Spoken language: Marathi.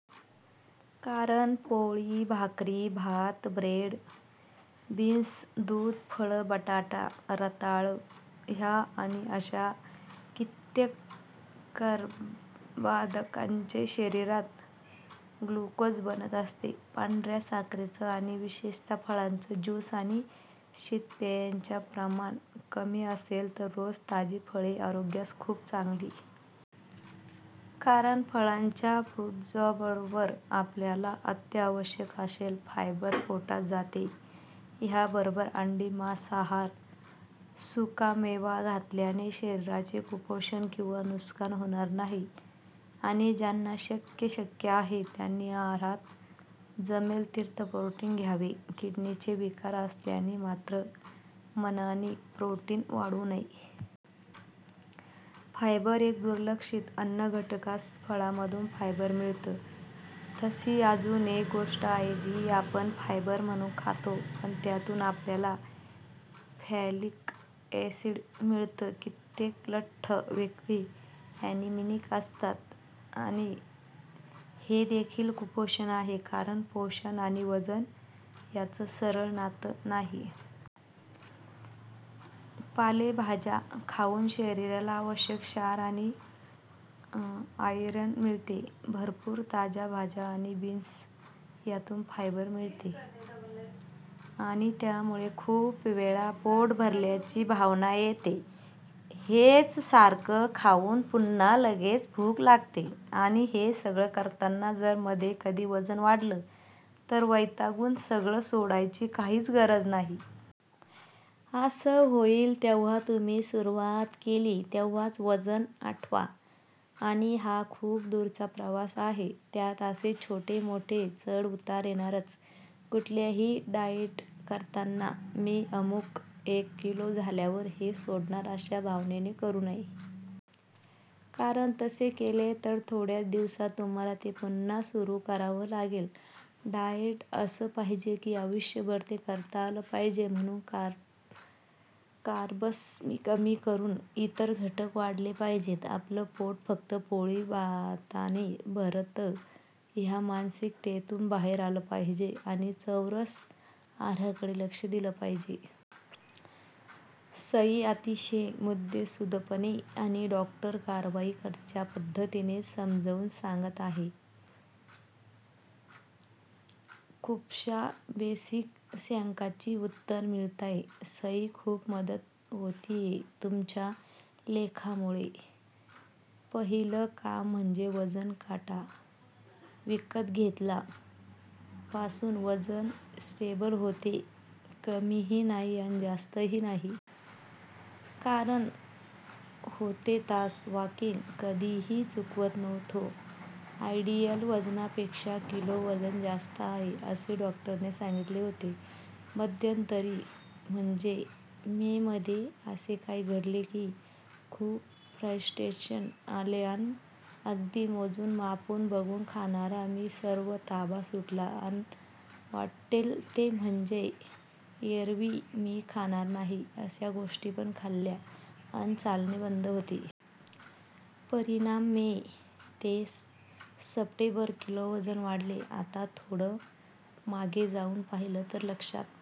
कारण पोळी, भाकरी, भात, ब्रेड, बीन्स, दूध, फळं, बटाटा, रताळं या आणि अशा कित्येक कर्बोदकांचे शरीरात ग्लुकोज बनत असते. पांढऱ्या साखरेचे आणि विशेषतः फळांचे जूस आणि शीतपेयांच्या प्रमाण कमी असेल तर रोज ताजी फळं आरोग्यास खूप चांगली. कारण फळांच्या फ्रुकटोजबरोबर आपल्याला अत्यावश्यक असेल फायबर पोटात जाते. याबरोबर अंडी, मांसाहार, सुकामेवा घेतल्याने शरीराचे कुपोषण किंवा नुकसान होणार नाही. आणि ज्यांना शक्य शक्य आहे त्यांनी आहारात जमेल तिथे प्रोटीन घ्यावे. किडनीचे विकार असलेल्यांनी मात्र मनानी प्रोटीन वाढवू नये. फायबर: एक दुर्लक्षित अन्नघटकजसं फळांमधून फायबर मिळतं तशी अजून एक गोष्ट आहे जी आपण फायबर म्हणून खातो पण त्यातून आपल्याला फॉलीक ऍसिड मिळतं. कित्येक लठ्ठ व्यक्ती ऍनिमिक असतात. आणि हेदेखील कुपोषण आहे. कारण पोषण आणि वजन याचं सरळ नातं नाही. पालेभाज्या खाऊन शरीराला आवश्यक क्षार आणि आयर्न मिळते. भरपूर ताज्या भाज्या आणि बीन्स यातून फायबर मिळते आणि त्यामुळे खूप वेळ पोट भरल्याची भावना येते. हेच साखर खाऊन पुन्हा लगेच भूक लागते. आणि हे सगळं करताना जर मध्ये कधी वजन वाढलं, तर वैतागून सगळं सोडायची काहीच गरज नाही. असं होईल तेव्हा तुम्ही सुरुवात केली तेव्हाच वजन आठवा. आणि हा खूप दूरचा प्रवास आहे. त्यात असे छोटे मोठे चढ उतार येणारच! कुठलंही डाएट करताना "मी अमुक एक किलो झाल्यावर हे सोडणार" अशा भावनेने करू नये. कारण तसं केलं तर थोडेच दिवसात तुम्हाला ते पुन्हा सुरु करावं लागेल. डाएट असं पाहिजे की आयुष्यभर ते करता आलं पाहिजे. म्हणून कार्ब्स कमी करून इतर घटक वाढवले पाहिजेत. आपलं पोट फक्त पोळी, भाताने भरतं या मानसिकतेतून बाहेर आलं पाहिजे आणि चौरस आहाराकडे लक्ष दिलं पाहिजे. सई, अतिशय मुद्देसुदपणे आणि डॉ. कारवारकरांच्या पद्धतीनंच समजावून सांगत आहेस. खुपशा बेसिक शंकांची उत्तरं मिळतायत. सई खूप मदत होतीये तुमच्या लेखांमुळे. पहीलं काम म्हणजे वजन काटा विकत घेतला. पासून वजन स्टेबल होते. कमीही नाही अन जास्तही नाही. कारण होते तास वॉकींग. कधीही चुकवत नव्हतो. आयडीयल वजनापेक्षा किलो वजन जास्त आहे असे डॉ ने सांगितले होते. मध्यंतरी म्हणजे मे मधे असे काही घडले की खुप फ्रस्टेशन आले अन अगदी मोजुन मापुन बघुन खाणारा मीसर्व ताबा सुटला अन वाट्टेल ते म्हणजे एअरवी मी खाणार नाही अशा गोष्टी पण खाल्ल्या अन चालणे बंद होते. परीणाम मे ते सप्टेबर. किलो वजन वाढले. अता थोडं मागे जाउन पाहीलं तर लक्षात